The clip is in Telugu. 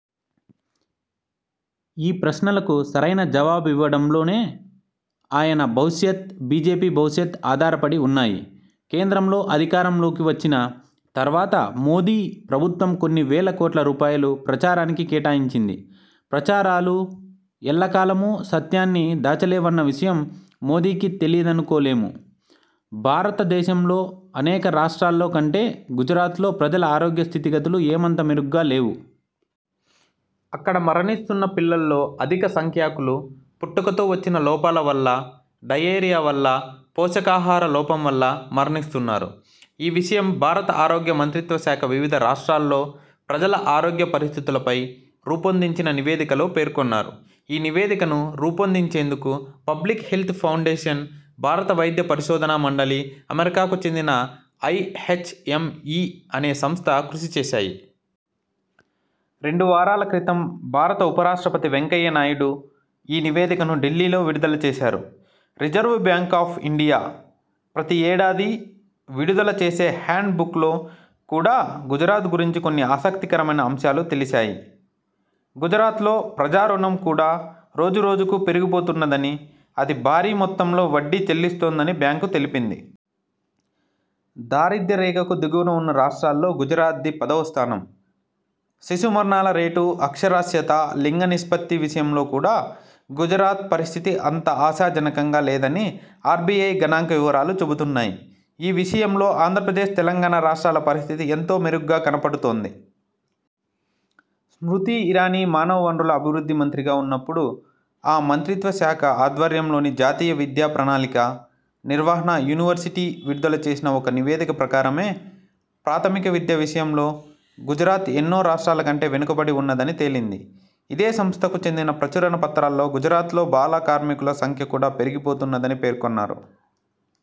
ఈ ప్రశ్నలకు సరైన జవాబివ్వడంలోనే ఆయన భవిష్యత్, బీజేపీ భవిష్యత్ ఆధారపడి ఉన్నాయి. కేంద్రంలో అధికారంలోకి వచ్చిన తర్వాత మోదీ ప్రభుత్వం కొన్ని వేల కోట్ల రూపాయలు ప్రచారానికి కేటాయించింది. ప్రచారాలు ఎల్లకాలమూ సత్యాన్ని దాచలేవన్న విషయం మోదీకి తెలియదనుకోలేము. భారత దేశంలో అనేక రాష్ట్రాల్లో కంటే గుజరాత్లో ప్రజల ఆరోగ్య స్థితిగతులు ఏమంత మెరుగ్గా లేవు. అక్కడ మరణిస్తున్న పిల్లల్లో అధిక సంఖ్యాకులు పుట్టుకతో వచ్చిన లోపాల వల్ల, డయేరియా వల్ల, పోషకాహార లోపం వల్ల మరణిస్తున్నారు. ఈ విషయం భారత ఆరోగ్య మంత్రిత్వ శాఖ వివిధ రాష్ట్రాల్లో ప్రజల ఆరోగ్య పరిస్థితులపై రూపొందించిన నివేదికలో పేర్కొన్నారు. ఈ నివేదికను రూపొందించేందుకు పబ్లిక్ హెల్త్ ఫౌండేషన్, భారత వైద్య పరిశోధనా మండలి, అమెరికాకు చెందిన ఐహెచ్ఎంఈ అనే సంస్థ కృషి చేశాయి. రెండు వారాల క్రితం భారత ఉపరాష్ట్రపతి వెంకయ్యనాయుడు ఈ నివేదికను ఢిల్లీలో విడుదల చేశారు. రిజర్వు బ్యాంక్ ఆఫ్ ఇండియా ప్రతి ఏడాదీ విడుదల చేసే హ్యాండ్ బుక్లో కూడా గుజరాత్ గురించి కొన్ని ఆసక్తికరమైన అంశాలు తెలిశాయి. గుజరాత్లో ప్రజారుణం కూడా రోజురోజుకూ పెరిగిపోతున్నదని, అది భారీ మొత్తంలో వడ్డీ చెల్లిస్తోందని బ్యాంకు తెలిపింది. దారిద్ర్య రేఖకు దిగువన ఉన్న రాష్ట్రాల్లో గుజరాత్ది పదవ స్థానం. శిశుమరణాల రేటు, అక్షరాస్యత, లింగ నిష్పత్తి విషయంలో కూడా గుజరాత్ పరిస్థితి అంత ఆశాజనకంగా లేదని ఆర్బీఐ గణాంక వివరాలు చెబుతున్నాయి. ఈ విషయంలో ఆంధ్రప్రదేశ్, తెలంగాణ రాష్ట్రాల పరిస్థితి ఎంతో మెరుగ్గా కనపడుతోంది. స్మృతి ఇరానీ మానవ వనరుల అభివృద్ధి మంత్రిగా ఉన్నప్పుడు ఆ మంత్రిత్వ శాఖ ఆధ్వర్యంలోని జాతీయ విద్యా ప్రణాళిక, నిర్వహణ యూనివర్సిటీ విడుదల చేసిన ఒక నివేదిక ప్రకారమే ప్రాథమిక విద్య విషయంలో గుజరాత్ ఎన్నో రాష్ట్రాల కంటే వెనకబడి ఉన్నదని తేలింది. ఇదే సంస్థకు చెందిన ప్రచురణ పత్రాల్లో గుజరాత్లో బాల కార్మికుల సంఖ్య కూడా పెరిగిపోతున్నదని పేర్కొన్నారు.